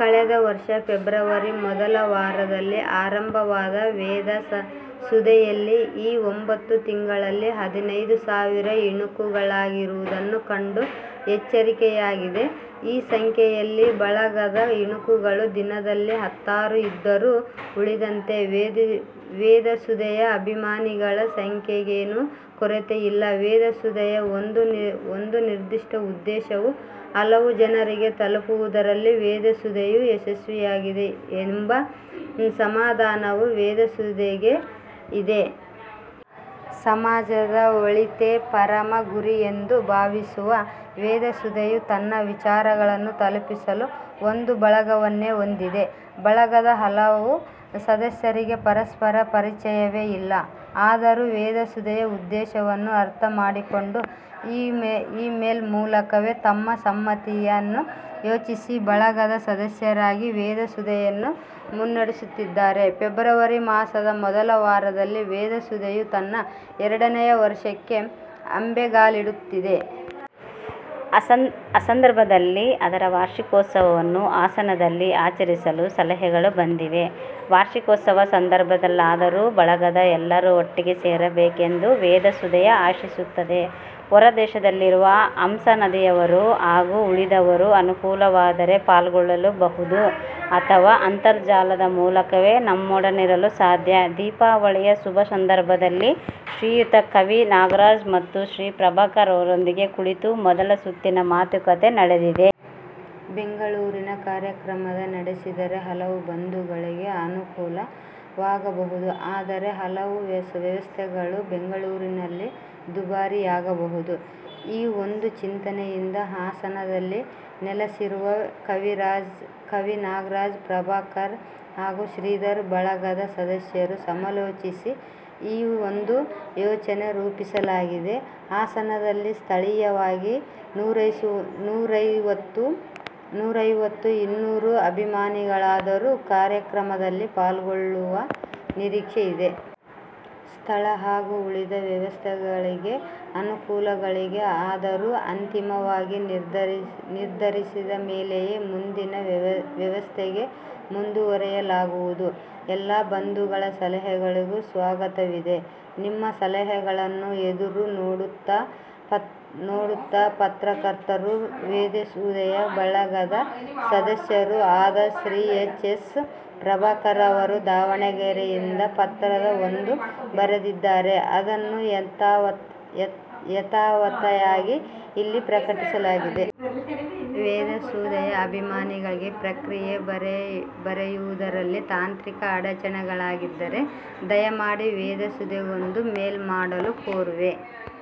ಕಳೆದ ವರ್ಷ ಫೆಬ್ರವರಿ ಮೊದಲ ವಾರದಲ್ಲಿ ಆರಂಭವಾದ ವೇದ ಸುಧೆಯಲ್ಲಿ ಈ ಒಂಬತ್ತು ತಿಂಗಳಲ್ಲಿ ಹದಿನೈದು ಸಾವಿರ ಇಣುಕುಗಳಾಗಿರುವುದನ್ನು ಕಂಡು ಅಚ್ಚರಿಯಾಗಿದೆ. ಈ ಸಂಖ್ಯೆಯಲ್ಲಿ ಬಳಗದ ಇಣುಕುಗಳು ದಿನದಲ್ಲಿ ಹತ್ತಾರು ಇದ್ದರೂ ಉಳಿದಂತೆ ವೇದಸುಧೆಯ ಅಭಿಮಾನಿಗಳ ಸಂಖ್ಯೆಗೇನೂ ಕೊರತೆ ಇಲ್ಲ. ವೇದಸುಧೆಯ ಒಂದು ನಿರ್ದಿಷ್ಟ ಉದ್ದೇಶವು ಹಲವು ಜನರಿಗೆ ತಲುಪುವುದರಲ್ಲಿ ವೇದಸುಧೆಯು ಯಶಸ್ವಿಯಾಗಿದೆ, ಎಂಬ ಸಮಾಧಾನವು ವೇದಸುಧೆಗೆ ಇದೆ. ಸಮಾಜದ ಒಳಿತೇ ಪರಮ ಗುರಿ ಎಂದು ಭಾವಿಸುವ ವೇದಸುಧೆಯು ತನ್ನ ವಿಚಾರಗಳನ್ನು ತಲುಪಿಸಲು ಒಂದು ಬಳಗವನ್ನೇ ಹೊಂದಿದೆ. ಬಳಗದ ಹಲವು ಸದಸ್ಯರಿಗೆ ಪರಸ್ಪರ ಪರಿಚಯವೇ ಇಲ್ಲ. ಆದರೂ ವೇದಸುಧೆಯ ಉದ್ದೆಶವನ್ನು ಅರ್ಥಮಾಡಿಕೊಂಡು ಈ-ಮೇಲ್ ಮೂಲಕವೇ ತಮ್ಮ ಸಮ್ಮತಿಯನ್ನು ಸೂಚಿಸಿ ಬಳಗದ ಸದಸ್ಯರಾಗಿ ವೇದಸುಧೆಯನ್ನು ಮುನ್ನಡೆಸುತ್ತಿದ್ದಾರೆ. ಫೆಬ್ರವರಿ ಮಾಸದ ಮೊದಲವಾರದಲ್ಲಿ ವೇದಸುಧೆಯು ತನ್ನ ಎರಡನೆಯ ವರ್ಷಕ್ಕೆ ಅಂಬೆಗಾಲಿಡುತ್ತಿದೆ. ಆಸಂದರ್ಭದಲ್ಲಿ ಅದರ ವಾರ್ಷಿಕೋತ್ಸವನ್ನು ಹಾಸನದಲ್ಲಿ ಆಚರಿಸಲು ಸಲಹೆಗಳು ಬಂದಿವೆ. ವಾರ್ಷಿಕೋತ್ಸವ ಸಂದರ್ಭದಲ್ಲಾದರೂ ಬಳಗದ ಎಲ್ಲರೂ ಒಟ್ಟಿಗೆ ಸೇರಬೇಕೆಂದು ವೇದಸುಧೆಯು ಆಶಿಸುತ್ತದೆ. ಹೊರದೇಶದಲ್ಲಿರುವ ಹಂಸಾನಂದಿಯವರು ಹಾಗೂ ಉಳಿದವರು ಅನುಕೂಲವಾದರೆ ಪಾಲ್ಗೊಳ್ಳಲೂ ಬಹುದು ಅಥವಾ ಅಂತರ್ಜಾಲದ ಮೂಲಕವೇ ನಮ್ಮೊಡನಿರಲು ಸಾಧ್ಯ. ದೀಪಾವಳಿಯ ಶುಭಸಂದರ್ಭದಲ್ಲಿ ಶ್ರೀಯುತ ಕವಿ ನಾಗರಾಜ್ ಮತ್ತು ಶ್ರೀ ಪ್ರಭಾಕರರೊಂದಿಗೆ ಕುಳಿತು ಮೊದಲ ಸುತ್ತಿನ ಮಾತುಕತೆ ನಡೆದಿದೆ. ಬೆಂಗಳೂರಿನಲ್ಲಿ ಕಾರ್ಯಕ್ರಮ ನಡೆಸಿದರೆ ಹಲವು ಬಂಧುಗಳಿಗೆ ಅನುಕೂಲ ವಾಗಬಹುದು. ಆದರೆ ಹಲವು ವ್ಯವಸ್ಥೆಗಳು ಬೆಂಗಳೂರಿನಲ್ಲಿ ದುಬಾರಿಯಾಗಬಹುದು. ಈ ಒಂದು ಚಿಂತನೆಯಿಂದ ಹಾಸನದಲ್ಲಿ ನೆಲಸಿರುವ ಕವಿನಾಗರಾಜ್, ಪ್ರಭಾಕರ್ ಹಾಗೂ ಶ್ರೀಧರ್ ಬಳಗದ ಸದಸ್ಯರು ಸಮಾಲೋಚಿಸಿ ಈ ಒಂದು ಯೋಜನೆ ರೂಪಿಸಲಾಗಿದೆ. ಹಾಸನದಲ್ಲಿ ಸ್ಥಳೀಯವಾಗಿ ನೂರೈವತ್ತು -ಇನ್ನೂರು ಅಭಿಮಾನಿಗಳಾದರೂ ಕಾರ್ಯಕ್ರಮದಲ್ಲಿ ಪಾಲ್ಗೊಳ್ಳುವ ನಿರೀಕ್ಷೆ ಇದೆ. ಸ್ಥಳ ಹಾಗೂ ಉಳಿದ ವ್ಯವಸ್ಥೆಗಳಿಗೆ ಅನುಕೂಲಗಳಿವೆ. ಆದರೂ ಅಂತಿಮವಾಗಿ ನಿರ್ಧರಿಸಿದಮೇಲೆಯೇ ಮುಂದಿನ ವ್ಯವಸ್ಥೆಗೆ ಮುಂದುವರೆಯಲಾಗುವುದು. ಎಲ್ಲಾ ಬಂಧುಗಳ ಸಲಹೆಗಳಿಗೂ ಸ್ವಾಗತವಿದೆ. ನಿಮ್ಮ ಸಲಹೆಗಳನ್ನು ಎದುರು ನೋಡುತ್ತಾಪತ್ರಕರ್ತರೂ ವೇದಸುಧೆಯ ಬಳಗದ ಸದಸ್ಯರೂ ಆದ ಶ್ರೀ ಎಚ್. ಎಸ್. ಪ್ರಭಾಕರ, ಅವರು ದಾವಣಗೆರೆಯಿಂದ ಪತ್ರಒಂದನ್ನು ಬರೆದಿದ್ದಾರೆ ಅದನ್ನು ಯಥಾವತ್ತಾಗಿ ಇಲ್ಲಿ ಪ್ರಕಟಿಲಾಗಿದೆ. ವೇದಸುಧೆಯ ಅಭಿಮಾನಿಗಳಿಗೆ ಪ್ರತಿಕ್ರಿಯೆ ಬರೆಯುವುದರಲ್ಲಿ ತಾಂತ್ರಿಕ ಅಡಚಣೆಗಳಾಗಿದ್ದರೆ ದಯಮಾಡಿ ವೇದಸುಧೆಗೊಂದು ಮೇಲ್ ಮಾಡಲು ಕೋರುವೆ.